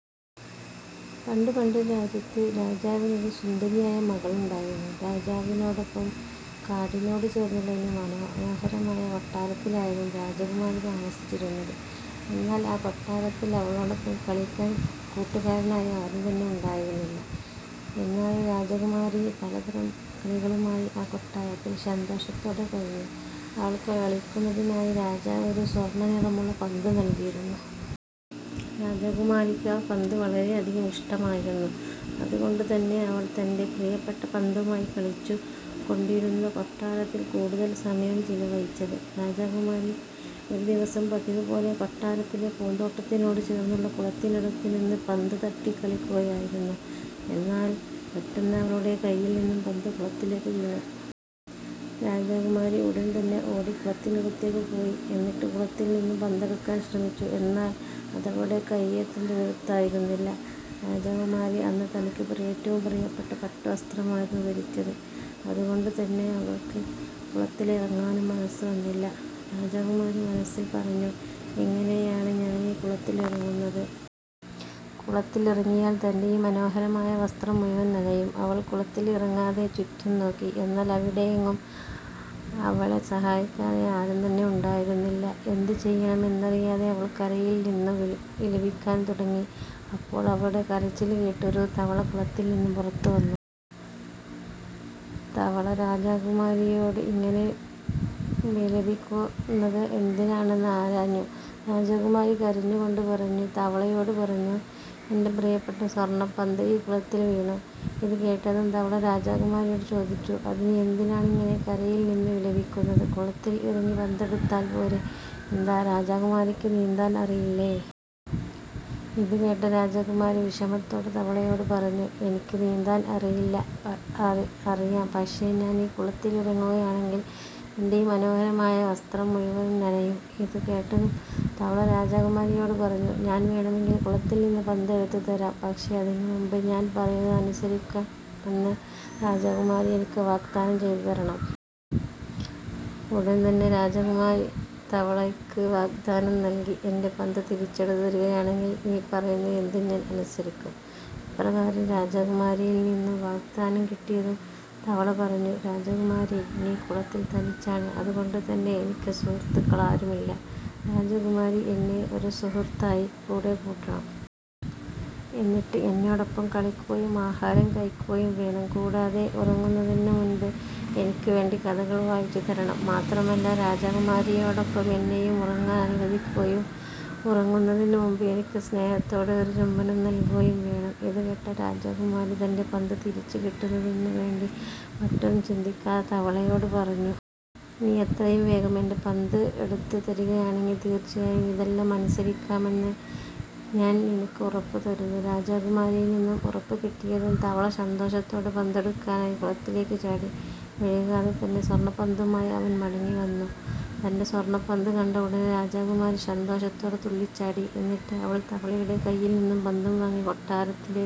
പണ്ടു പണ്ടൊരു രാജ്യത്ത് രാജാവിന് ഒരു സുന്ദരിയായ മകളുണ്ടായിരുന്നു. രാജാവിനോടൊപ്പം കാടിനോട് ചേർന്നുള്ള ഒരു മനോഹരമായ കൊട്ടാരത്തിലായിരുന്നു രാജകുമാരി താമസിച്ചിരുന്നത്. എന്നാൽ ആ കൊട്ടാരത്തിൽ അവളോടൊപ്പം കളിക്കാൻ കൂട്ടുകാരായി ആരും തന്നെ ഉണ്ടായിരുന്നില്ല. എന്നാലും രാജകുമാരി പലതരം കളികളുമായി ആ കൊട്ടാരത്തിൽ സന്തോഷത്തോടെ കഴിഞ്ഞു. അവൾക്ക് കളിക്കുന്നതിനായി രാജാവ് ഒരു സ്വർണ നിറമുള്ള പന്ത് നൽകിയിരുന്നു. രാജകുമാരിക്ക് ആ പന്ത് വളരെയധികം ഇഷ്ടമായിരുന്നു. അതുകൊണ്ട് തന്നെ അവൾ തന്റെ പ്രിയപ്പെട്ട പന്തുമായി കളിച്ചു കൊണ്ടായിരുന്നു കൊട്ടാരത്തിൽ കൂടുതൽ സമയവും ചിലവഴിച്ചത്. രാജകുമാരി ഒരു ദിവസം പതിവു പോലെ കൊട്ടാരത്തിലെ പൂന്തോട്ടത്തിനോട് ചേർന്നുള്ള കുളത്തിനടുത്തു നിന്ന് പന്ത് തട്ടി കളിക്കുകയായിരുന്നു. എന്നാൽ പെട്ടെന്ന് അവളുടെ കൈയിൽ നിന്നും പന്ത് കുളത്തിലേക്ക് വീണു. രാജകുമാരി ഉടൻ തന്നെ ഓടി കുളത്തിനടുത്തേക്ക് പോയി. എന്നിട്ട് കുളത്തിൽ നിന്നും പന്തെടുക്കാൻ ശ്രമിച്ചു. എന്നാൽ അതവളുടെ കൈയെത്തും ദൂരത്തായിരുന്നില്ല. രാജകുമാരി അന്ന് തനിക്ക് ഏറ്റവും പ്രിയപ്പെട്ട പട്ടു വസ്ത്രമായിരുന്നു ധരിച്ചിരുന്നത്. അതുകൊണ്ടു തന്നെ അവൾക്ക് കുളത്തിലിറങ്ങാനും മനസ്സു വന്നില്ല. രാജകുമാരി മനസ്സിൽ പറഞ്ഞു "എങ്ങനെയാണ് ഞാനീ കുളത്തിൽ ഇറങ്ങുന്നത്. കുളത്തിലിറങ്ങിയാൽ തന്റെ ഈ മനോഹരമായ വസ്ത്രം മുഴുവൻ നനയും. " അവൾ കുളത്തിൽ ഇറങ്ങാതെ ചുറ്റും നോക്കി. എന്നാൽ അവിടെയെങ്ങും അവളെ സഹായിക്കാനായി ആരും തന്നെ ഉണ്ടായിരുന്നില്ല. എന്ത് ചെയ്യണം എന്നറിയാതെ അവൾ കരയിൽ നിന്നു വിലപിക്കാൻ തുടങ്ങി. അപ്പോൾ അവളുടെ കരച്ചിൽ കേട്ടു ഒരു തവള കുളത്തിൽ നിന്നും പുറത്തുവന്നു. തവള രാജകുമാരിയോട് ഇങ്ങനെ വിലപിക്കുന്നത് എന്തിനാണെന്ന് ആരാഞ്ഞു. രാജകുമാരി കരഞ്ഞു കൊണ്ട് തവളയോട് പറഞ്ഞു. "എന്റെ പ്രിയപ്പെട്ട സ്വർണപന്ത് ഈ കുളത്തിൽ വീണു. " ഇതു കേട്ടതും തവള രാജകുമാരിയോട് ചോദിച്ചു. "അതിന് എന്തിനാണിങ്ങനെ കരയിൽ നിന്ന് വിലപിക്കുന്നത്? കുളത്തിൽ ഇറങ്ങി പന്തെടുത്താൽ പോരെ? എന്താ രാജകുമാരിക്ക് നീന്തൽ അറിയില്ലേ? " ഇതുകേട്ട രാജകുമാരി വിഷമത്തോടെ തവളയോട് പറഞ്ഞു. "എനിക്ക് നീന്താൻ അറിയാം. പക്ഷേ ഞാൻ കുളത്തിൽ ഇറങ്ങുകയാണെങ്കിൽ എന്റെ ഈ മനോഹരമായ വസ്ത്രം മുഴുവൻ നനയും. " ഇതു കേട്ടതും തവള രാജകുമാരിയോട് പറഞ്ഞു. "ഞാൻ വേണമെങ്കിൽ കുളത്തിൽ നിന്ന് പന്ത് എടുത്തു തരാം. പക്ഷേ അതിനു മുൻപ് ഞാൻ പറയുന്നത് അനുസരിക്കാമെന്ന് രാജകുമാരി എനിക്ക് വാഗ്ദാനം ചെയ്തു തരണം. " ഉടൻതന്നെ രാജകുമാരി തവളയ്ക്ക് വാഗ്ദാനവും നൽകി "എന്റെ പന്ത് തിരിച്ചെടുത്ത് തരികയാണെങ്കിൽ നീ പറയുന്നത് എന്തും ഞാൻ അനുസരിക്കാം. " ഇപ്രകാരം രാജകുമാരിയിൽ നിന്നു വാഗ്ദാനം കിട്ടിയതും തവള പറഞ്ഞു "രാജകുമാരി, ഞാനീ കുളത്തിൽ തനിച്ചാണ്. അതുകൊണ്ടു തന്നെ എനിക്ക് സുഹൃത്തുക്കളാരുമില്ല. രാജകുമാരി എന്നെ ഒരു സുഹൃത്തായി കൂടെ കൂട്ടണം. എന്നിട്ട് എന്നോടൊപ്പം കളിക്കുകയും ആഹാരം കഴിക്കുകയും വേണം. കൂടാതെ ഉറങ്ങുന്നതിന് മുൻപ് എനിക്ക് വേണ്ടി കഥകൾ വായിച്ചു തരണം. മാത്രമല്ല രാജകുമാരിയോടൊപ്പം എന്നെയും ഉറങ്ങാൻ അനുവദിക്കുകയും ഉറങ്ങുന്നതിനു മുൻപ് എനിക്ക് സ്നേഹത്തോടെ ഒരു ചുംബനം നൽകുകയും വേണം. " ഇതു കേട്ട രാജകുമാരി തന്റെ പന്ത് തിരിച്ചു കിട്ടുന്നതിനു വേണ്ടി മറ്റൊന്നും ചിന്തിക്കാതെ തവളയോട് പറഞ്ഞു. "നീ എത്രയും വേഗം എന്റെ പന്തെടുത്ത് തരികയാണെങ്കിൽ തീർച്ചയായും ഇതെല്ലാം അനുസരിക്കാമെന്ന് ഞാൻ നിനക്ക് ഉറപ്പു തരുന്നു. " രാജകുമാരിയിൽ നിന്നും ഉറപ്പ് കിട്ടിയതും തവള സന്തോഷത്തോടെ പന്തെടുക്കുന്നതിനായി കുളത്തിലേക്ക് ചാടി. വൈകാതെ തന്നെ സ്വർണപന്തുമായി അവൻ മടങ്ങി വന്നു. തന്റെ സ്വർണപന്ത് കണ്ട ഉടനെ രാജകുമാരി സന്തോഷത്തോടെ തുള്ളിച്ചാടി. എന്നിട്ട് അവൾ തവളയുടെ കയ്യിൽനിന്നും പന്തും വാങ്ങി കൊട്ടാരത്തിലേക്ക്